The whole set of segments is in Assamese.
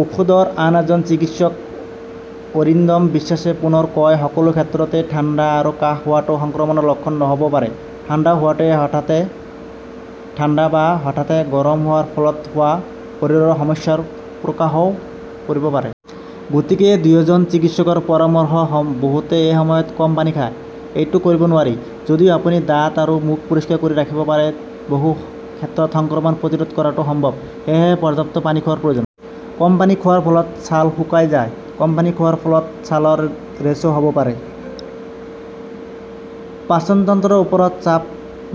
ঔষধৰ আন এজন চিকিৎসক অৰিন্দম বিশ্বাসে পুনৰ কয় সকলো ক্ষেত্ৰতে ঠাণ্ডা আৰু কাঁহ হোৱাটো সংক্ৰমণৰ লক্ষণ নহ'বও পাৰে। ঠাণ্ডা হোৱাটোৱে হঠাতে ঠাণ্ডা বা হঠাতে গৰম হোৱাৰ ফলত হোৱা শৰীৰৰ সমস্যাৰ প্ৰকাশও কৰিব পাৰে। গতিকে দুয়োজন চিকিৎসকৰ পৰামৰ্শ স বহুতে এই সময়ত কম পানী খায়। এইটো কৰিব নোৱাৰি। যদিও আপুনি দাঁত আৰু মুখ পৰিষ্কাৰ কৰি ৰাখিব পাৰে, বহু ক্ষেত্ৰত সংক্ৰমণ প্ৰতিৰোধ কৰাটো সম্ভৱ। সেয়েহে পৰ্যাপ্ত পানী খোৱাৰ প্ৰয়োজন। কম পানী খোৱাৰ ফলত ছাল শুকাই যায়। কম পানী খোৱাৰ ফলত ছালৰ ৰেচও হ'ব পাৰে। পাচন তন্ত্ৰৰ ওপৰত চাপ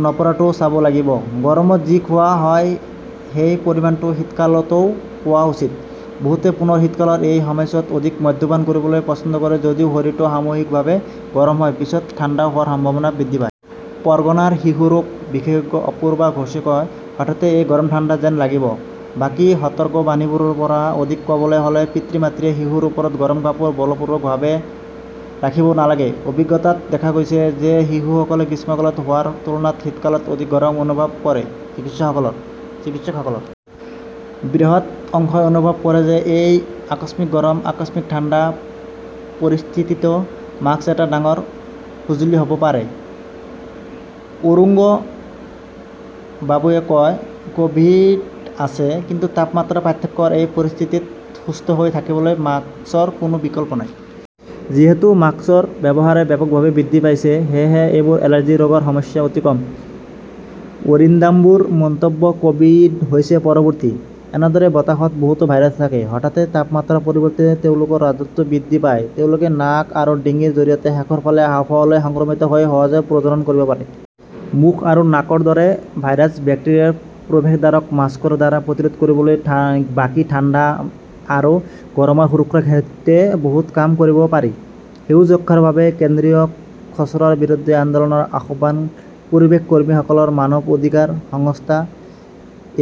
নপৰাটোও চাব লাগিব। গৰমত যি খোৱা হয় সেই পৰিমাণটো শীতকালতও খোৱা উচিত। বহুতে পুনৰ শীতকালৰ এই সময়ছোৱাত অধিক মদ্যপান কৰিবলৈ পছন্দ কৰে যদিও শৰীৰটো সাময়িকভাৱে গৰম হয় পিছত ঠাণ্ডা হোৱাৰ সম্ভাৱনা বৃদ্ধি পায়। পৰ্গনাৰ শিশু ৰোগ বিশেষজ্ঞ অপূৰ্বা ঘোষে কয়, হঠাতে এই গৰম-ঠাণ্ডা যেন লাগিব। বাকী সতৰ্কবাণীবোৰৰ পৰা অধিক ক'বলৈ হ'লে পিতৃ-মাতৃয়ে শিশুৰ ওপৰত গৰম কাপোৰ বলপূৰ্বকভাৱে ৰাখিব নালাগে। অভিজ্ঞতাত দেখা গৈছে যে শিশুসকলে গ্ৰীষ্মকালত হোৱাৰ তুলনাত শীতকালত অধিক গৰম অনুভৱ কৰে, চিকিৎসকসকলৰ বৃহৎ অংশই অনুভৱ কৰে যে এই আকস্মিক গৰম, আকস্মিক ঠাণ্ডা, পৰিস্থিতিতো মাস্ক এটা ডাঙৰ সঁজুলি হ'ব পাৰে। অৰুংশুবাবুৱে কয়, ক'ভিড আছে। কিন্তু তাপমাত্ৰাৰ পাৰ্থক্যৰ এই পৰিস্থিতিত সুস্থ হৈ থাকিবলৈ মাস্কৰ কোনো বিকল্প নাই। যিহেতু মাস্কৰ ব্যৱহাৰ ব্যাপকভাৱে বৃদ্ধি পাইছে, সেয়েহে এইবাৰ এলাৰ্জি ৰোগৰ সংখ্যা অতি কম। অৰিন্দাম্বুৰ মন্তব্য ক'ভিড হৈছে পৰৱৰ্তী। এনেদৰেই বতাহত বহুতো ভাইৰাছ থাকে। হঠাতে তাপমাত্ৰাৰ পৰিৱৰ্তে তেওঁলোকৰ ৰাজত্ব বৃদ্ধি পায় ,তেওঁলোকে নাক আৰু ডিঙিৰ জৰিয়তে শেষৰ ফালে হাঁওফাঁওলৈ সংক্ৰমিত হৈ সহজে প্ৰজনন কৰিব পাৰে। মুখ আৰু নাকৰ দৰে ভাইৰাছ-বেক্টেৰিয়াৰ প্ৰৱেশদ্বাৰক মাস্কৰ দ্বাৰা প্ৰতিৰোধ কৰিলে বাকী ঠাণ্ডা আৰু গৰমৰ সুৰক্ষাৰ সৈতে বহুত কাম কৰিব পাৰি। সেউজ ৰক্ষাৰ বাবে কেন্দ্ৰীয় খচৰাৰ বিৰুদ্ধে আন্দোলনৰ আহ্বান পৰিৱেশ কৰ্মীসকলৰ মানৱ অধিকাৰ সংস্থা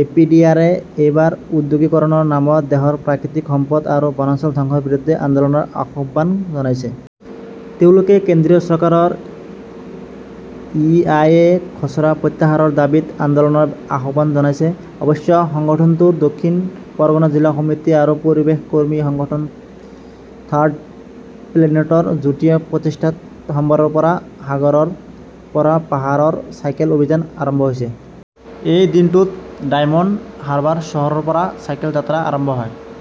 এপিডিআৰে এইবাৰ ঔদ্যোগিকৰণৰ নামত দেশৰ প্ৰাকৃতিক সম্পদ আৰু বনাঞ্চল ধ্বংসৰ বিৰুদ্ধে আন্দোলনৰ আহ্বান জনাইছে। তেওঁলোকে কেন্দ্ৰীয় চৰকাৰৰ ই.আই.এ .খচৰা প্ৰত্যাহাৰৰ দাবীত আন্দোলনৰ আহ্বান জনাইছে। অৱশ্যে সংগঠনটোৰ দক্ষিণ পৰগনা জিলা সমিতি আৰু পৰিৱেশ কৰ্মী সংগঠন থাৰ্ড প্লেনেটৰ যুটীয়া প্ৰচেষ্টাত সোমবাৰৰ পৰা সাগৰৰ পৰা পাহাৰৰ চাইকেল অভিযান আৰম্ভ হৈছে। এই দিনটোত ডায়মণ্ড হাৰ্বাৰ চহৰৰ পৰা চাইকেল যাত্ৰা আৰম্ভ হয়।